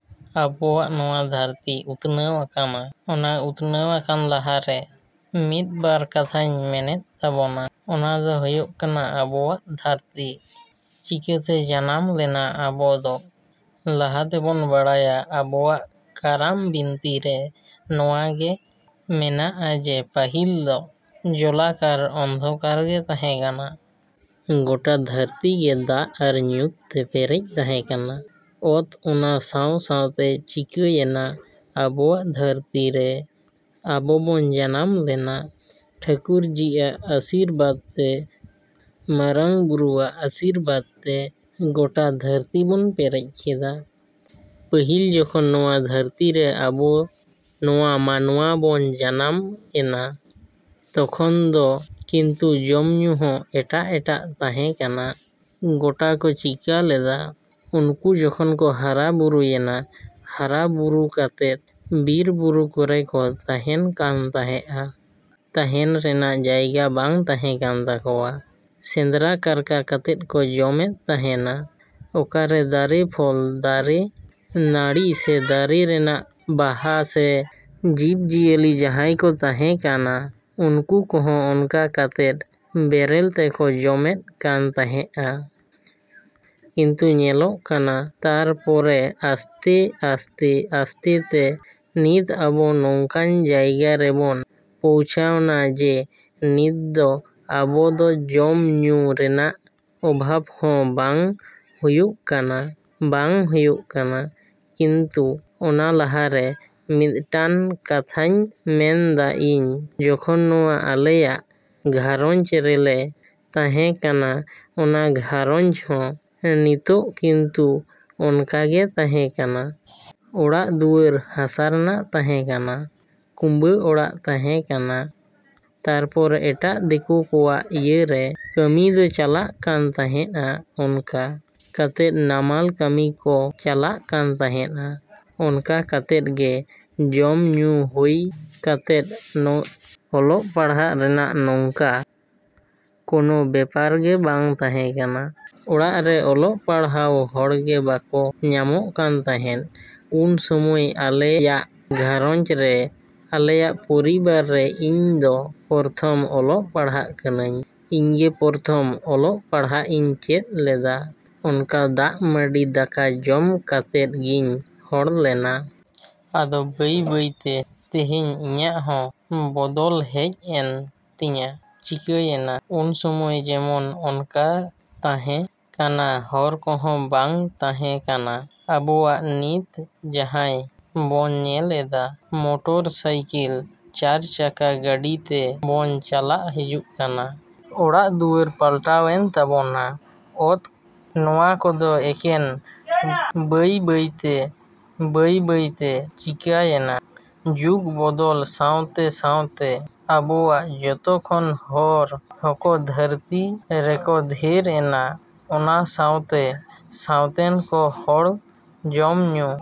ᱟᱵᱚᱣᱟᱜ ᱱᱚᱶᱟ ᱫᱷᱟᱹᱨᱛᱤ ᱩᱛᱱᱟᱹᱣ ᱟᱠᱟᱱᱟ᱾ ᱚᱱᱟ ᱩᱛᱱᱟᱹᱣ ᱟᱠᱟᱱ ᱞᱟᱦᱟᱨᱮ ᱢᱤᱫᱵᱟᱨ ᱠᱟᱛᱷᱟᱧ ᱢᱮᱱ ᱮᱫ ᱛᱟᱵᱚᱱᱟ᱾ ᱚᱱᱟ ᱫᱚ ᱦᱳᱭᱳᱜ ᱠᱟᱱᱟ ᱟᱵᱚᱣᱟᱜ ᱫᱷᱟᱹᱨᱛᱤ ᱪᱤᱠᱟᱹᱛᱮ ᱡᱟᱱᱟᱢ ᱞᱮᱱᱟ? ᱟᱵᱚᱫᱚ ᱞᱟᱦᱟᱛᱮᱵᱚᱱ ᱵᱟᱲᱟᱭᱟ ᱟᱵᱚᱣᱟᱜ ᱠᱟᱨᱟᱢ ᱵᱤᱱᱛᱤᱨᱮ ᱱᱚᱶᱟ ᱜᱮ ᱢᱮᱱᱟᱜᱼᱟ ᱡᱮ ᱯᱟᱹᱦᱤᱞ ᱫᱚ ᱡᱟᱞᱟᱠᱟᱨ ᱚᱱᱫᱷᱚᱠᱟᱨ ᱜᱮ ᱛᱟᱦᱮᱸ ᱠᱟᱱᱟ᱾ ᱜᱚᱴᱟ ᱫᱷᱟᱹᱨᱛᱤ ᱜᱮ ᱫᱟᱜ ᱟᱨ ᱧᱩᱛ ᱛᱮ ᱯᱮᱨᱮᱡ ᱛᱟᱦᱮᱸ ᱠᱟᱱᱟ᱾ ᱛᱚ ᱚᱱᱟ ᱥᱟᱶ ᱥᱟᱶᱛᱮ ᱪᱤᱠᱟᱹᱭᱮᱱᱟ ᱟᱵᱚᱣᱟᱜ ᱫᱷᱟᱹᱨᱛᱤ ᱨᱮ ᱟᱵᱚ ᱦᱚᱲ ᱵᱚᱱ ᱡᱟᱱᱟᱢ ᱮᱱᱟ᱾ ᱴᱷᱟᱹᱠᱩᱨᱡᱤ ᱟᱜ ᱟᱥᱤᱨᱵᱟᱫᱽᱛᱮ, ᱢᱟᱨᱟᱝ ᱵᱩᱨᱩ ᱟᱜ ᱟᱹᱥᱤᱨᱵᱟᱫᱽ ᱛᱮ ᱜᱳᱴᱟ ᱫᱷᱟᱹᱨᱛᱤ ᱵᱚᱱ ᱯᱮᱨᱮᱡ ᱠᱮᱫᱟ᱾ ᱯᱟᱹᱦᱤᱞ ᱡᱮᱠᱷᱚᱱ ᱱᱚᱶᱟ ᱫᱷᱟᱹᱨᱛᱤᱨᱮ ᱟᱵᱚ ᱱᱚᱶᱟ ᱢᱟᱱᱣᱟ ᱵᱚᱱ ᱡᱟᱱᱟᱢ ᱮᱱᱟ ᱛᱚᱠᱷᱚᱱ ᱫᱚ ᱠᱤᱱᱛᱩ ᱡᱚᱢ ᱧᱩ ᱦᱚᱸ ᱮᱴᱟᱜ ᱮᱴᱟᱜ ᱛᱟᱦᱮᱸ ᱠᱟᱱᱟ᱾ ᱜᱳᱴᱟ ᱠᱚ ᱪᱤᱠᱟ ᱞᱮᱫᱟ? ᱩᱱᱠᱩ ᱡᱚᱠᱷᱚᱱ ᱠᱚ ᱦᱟᱨᱟ ᱵᱩᱨᱩᱭᱮᱱᱟ, ᱦᱟᱨᱟ ᱵᱩᱨᱩ ᱠᱟᱛᱮᱫ ᱵᱤᱨ ᱵᱩᱨᱩ ᱨᱮᱠᱚ ᱛᱟᱦᱮᱱ ᱠᱟᱱ ᱛᱟᱦᱮᱫᱼᱟ᱾ ᱛᱟᱦᱮᱱ ᱨᱮᱱᱟᱜ ᱡᱟᱭᱜᱟ ᱵᱟᱝ ᱛᱟᱦᱮ ᱠᱟᱱ ᱛᱟᱠᱚᱣᱟ᱾ ᱥᱮᱸᱫᱽᱨᱟ ᱠᱟᱨᱠᱟ ᱠᱟᱛᱮᱜ ᱠᱚ ᱡᱚᱢ ᱮᱫ ᱛᱟᱸᱦᱮᱱᱟ᱾ ᱚᱠᱟᱨᱮ ᱫᱟᱨᱮ ᱯᱷᱚᱞ, ᱫᱟᱨᱮ ᱱᱟᱲᱤ ᱥᱮ ᱫᱟᱨᱮ ᱨᱮᱱᱟᱜ ᱵᱟᱦᱟ ᱥᱮ ᱡᱤᱵᱽ ᱡᱤᱭᱟᱹᱞᱤ ᱡᱟᱦᱟᱸᱭ ᱠᱚ ᱛᱟᱦᱮᱸ ᱠᱟᱱᱟ ᱩᱱᱠᱩ ᱠᱚᱸᱦᱚ ᱚᱱᱠᱟ ᱠᱟᱛᱮᱫ ᱵᱮᱨᱮᱞ ᱛᱮᱠᱚ ᱡᱚᱢ ᱮᱫ ᱠᱟᱱ ᱛᱟᱦᱮᱸᱫᱼᱟ᱾ ᱠᱤᱱᱛᱩ ᱧᱮᱞᱚᱜ ᱠᱟᱱᱟ ᱛᱟᱨᱯᱚᱨᱮ ᱟᱥᱛᱮ ᱟᱥᱛᱮ ᱟᱥᱛᱮ ᱛᱮ ᱱᱤᱛ ᱟᱵᱚ ᱱᱚᱝᱠᱟᱱ ᱡᱟᱭᱜᱟ ᱨᱮᱵᱚᱱ ᱯᱳᱣᱪᱷᱟᱣᱱᱟ ᱡᱮ ᱱᱤᱛ ᱫᱚ ᱟᱵᱚ ᱫᱚ ᱡᱚᱢ ᱧᱩ ᱨᱮᱱᱟᱜ ᱚᱵᱷᱟᱵᱽ ᱦᱚᱸ ᱵᱟᱝ ᱦᱳᱭᱳᱜ ᱠᱟᱱᱟ᱾ ᱵᱟᱝ ᱦᱳᱭᱳᱜ ᱠᱟᱱᱟ ᱠᱤᱱᱛᱩ ᱚᱱᱟ ᱞᱟᱦᱟᱨᱮ ᱢᱤᱫᱴᱟᱱ ᱠᱟᱛᱷᱟᱧ ᱢᱮᱱᱫᱟ ᱤᱧ ᱡᱚᱠᱷᱚᱱ ᱱᱚᱶᱟ ᱟᱞᱮᱭᱟᱜ ᱜᱷᱟᱸᱨᱚᱧᱡᱽ ᱨᱮᱞᱮ ᱛᱟᱦᱮᱸ ᱠᱟᱱᱟ ᱚᱱᱟ ᱜᱷᱟᱸᱨᱚᱧᱡᱽ ᱦᱚᱸ ᱱᱤᱛᱚᱜ ᱠᱤᱱᱛᱩ ᱚᱱᱠᱟᱜᱮ ᱛᱟᱦᱮᱸ ᱠᱟᱱᱟ᱾ ᱚᱲᱟᱜ ᱫᱩᱣᱟᱹᱨ ᱦᱟᱥᱟ ᱨᱮᱱᱟᱜ ᱛᱟᱦᱮᱸ ᱠᱟᱱᱟ, ᱠᱩᱸᱵᱟᱹ ᱚᱲᱟᱜ ᱛᱟᱦᱮᱸ ᱠᱟᱱᱟ ᱛᱟᱨᱯᱚᱨ ᱮᱴᱟᱜ ᱫᱤᱠᱳ ᱠᱚᱣᱟᱜ ᱤᱭᱟᱹᱨᱮ ᱠᱟᱹᱢᱤ ᱠᱚ ᱪᱟᱞᱟᱜ ᱠᱟᱱ ᱛᱟᱦᱮᱫᱼᱟ᱾ ᱚᱱᱠᱟ ᱠᱟᱛᱮᱫ ᱱᱟᱢᱟᱞ ᱠᱟᱹᱢᱤ ᱠᱚ ᱪᱟᱞᱟᱜ ᱠᱟᱱ ᱛᱟᱦᱮᱸᱫᱼᱟ᱾ ᱚᱱᱠᱟ ᱠᱟᱛᱮᱫ ᱜᱮ ᱡᱚᱢ ᱧᱩ ᱦᱳᱭ ᱠᱟᱛᱮᱫ ᱚᱞᱚᱜ ᱯᱟᱲᱦᱟᱜ ᱨᱮᱱᱟᱜ ᱱᱚᱝᱠᱟ ᱠᱳᱱᱳ ᱵᱮᱯᱟᱨ ᱜᱮ ᱵᱟᱝ ᱛᱟᱦᱮᱸ ᱠᱟᱱᱟ᱾ ᱚᱲᱟᱜ ᱨᱮ ᱚᱞᱚᱜ ᱯᱟᱲᱦᱟᱣ ᱦᱚᱲᱜᱮ ᱵᱟᱠᱚ ᱧᱟᱢᱚᱜ ᱠᱟᱱ ᱛᱟᱦᱮᱸᱫ ᱩᱱ ᱥᱳᱢᱳᱭ ᱟᱞᱮᱭᱟᱜ ᱜᱷᱟᱨᱚᱸᱧᱪ ᱨᱮ, ᱟᱞᱮᱭᱟ ᱯᱚᱨᱤᱵᱟᱨ ᱨᱮ ᱤᱧ ᱫᱚ ᱯᱨᱚᱛᱷᱚᱢ ᱚᱞᱚᱜ ᱯᱟᱲᱦᱟᱜ ᱠᱟᱱᱟᱹᱧ᱾ ᱤᱧᱜᱮ ᱯᱨᱚᱛᱷᱚᱢ ᱚᱞᱚᱜ ᱯᱟᱲᱦᱟᱜ ᱤᱧ ᱪᱮᱫ ᱞᱮᱫᱟ᱾ ᱚᱱᱠᱟᱫᱟᱜ ᱢᱟᱰᱤ ᱫᱟᱠᱟ ᱡᱚᱢ ᱠᱟᱛᱮᱫ ᱜᱤᱧ ᱦᱚᱲ ᱞᱮᱱᱟ᱾ ᱟᱫᱚ ᱵᱟᱹᱭ ᱵᱟᱹᱭᱛᱮ ᱛᱮᱹᱦᱮᱹᱧ ᱤᱧᱟᱹᱜ ᱦᱚᱸ ᱵᱚᱫᱚᱞ ᱦᱮᱡ ᱮᱱ ᱛᱤᱧᱟ᱾ ᱪᱤᱠᱟᱹᱭᱮᱱᱟ ᱩᱱᱥᱳᱢᱳᱭ ᱡᱮᱢᱚᱱ ᱚᱱᱠᱟ ᱛᱟᱦᱮᱸ ᱠᱟᱱᱟ ᱦᱚᱨ ᱠᱚᱸᱦᱚᱸ ᱵᱟᱝ ᱛᱟᱦᱮᱸ ᱠᱟᱱᱟ ᱟᱵᱚᱣᱟᱜ ᱱᱤᱛ ᱡᱟᱦᱟᱭ ᱵᱚᱱ ᱧᱮᱞ ᱮᱫᱟ᱾ ᱢᱳᱴᱚᱨ ᱥᱟᱭᱠᱮᱞ, ᱪᱟᱨᱪᱟᱠᱟ ᱜᱟᱹᱰᱤ ᱛᱮ ᱵᱚᱱ ᱪᱟᱞᱟᱜ ᱦᱤᱡᱩᱜ ᱠᱟᱱᱟ᱾ ᱚᱲᱟᱜ ᱫᱩᱣᱟᱹᱨ ᱯᱟᱞᱴᱟᱣ ᱮᱱ ᱛᱟᱵᱚᱱᱟ᱾ ᱛᱚ ᱱᱚᱶᱟ ᱠᱚᱫᱚ ᱮᱠᱮᱱ ᱵᱟᱹᱭ ᱵᱟᱹᱭᱛᱮ ᱵᱟᱹᱭ ᱵᱟᱹᱭᱛᱮ ᱪᱤᱠᱟᱭᱮᱱᱟ? ᱡᱩᱜᱽ ᱵᱚᱫᱚᱞ ᱥᱟᱶᱛᱮ ᱥᱟᱶᱛᱮ ᱟᱵᱚᱣᱟᱜ ᱡᱚᱛᱚᱠᱷᱚᱱ ᱦᱚᱲ ᱦᱚᱠᱚ ᱫᱷᱟᱹᱨᱛᱤ ᱨᱮᱠᱚ ᱫᱷᱮᱨ ᱮᱱᱟ ᱚᱱᱟ ᱥᱟᱶᱛᱮ ᱥᱟᱶᱛᱮᱱ ᱠᱚ ᱦᱚᱲ ᱡᱚᱢ ᱧᱩ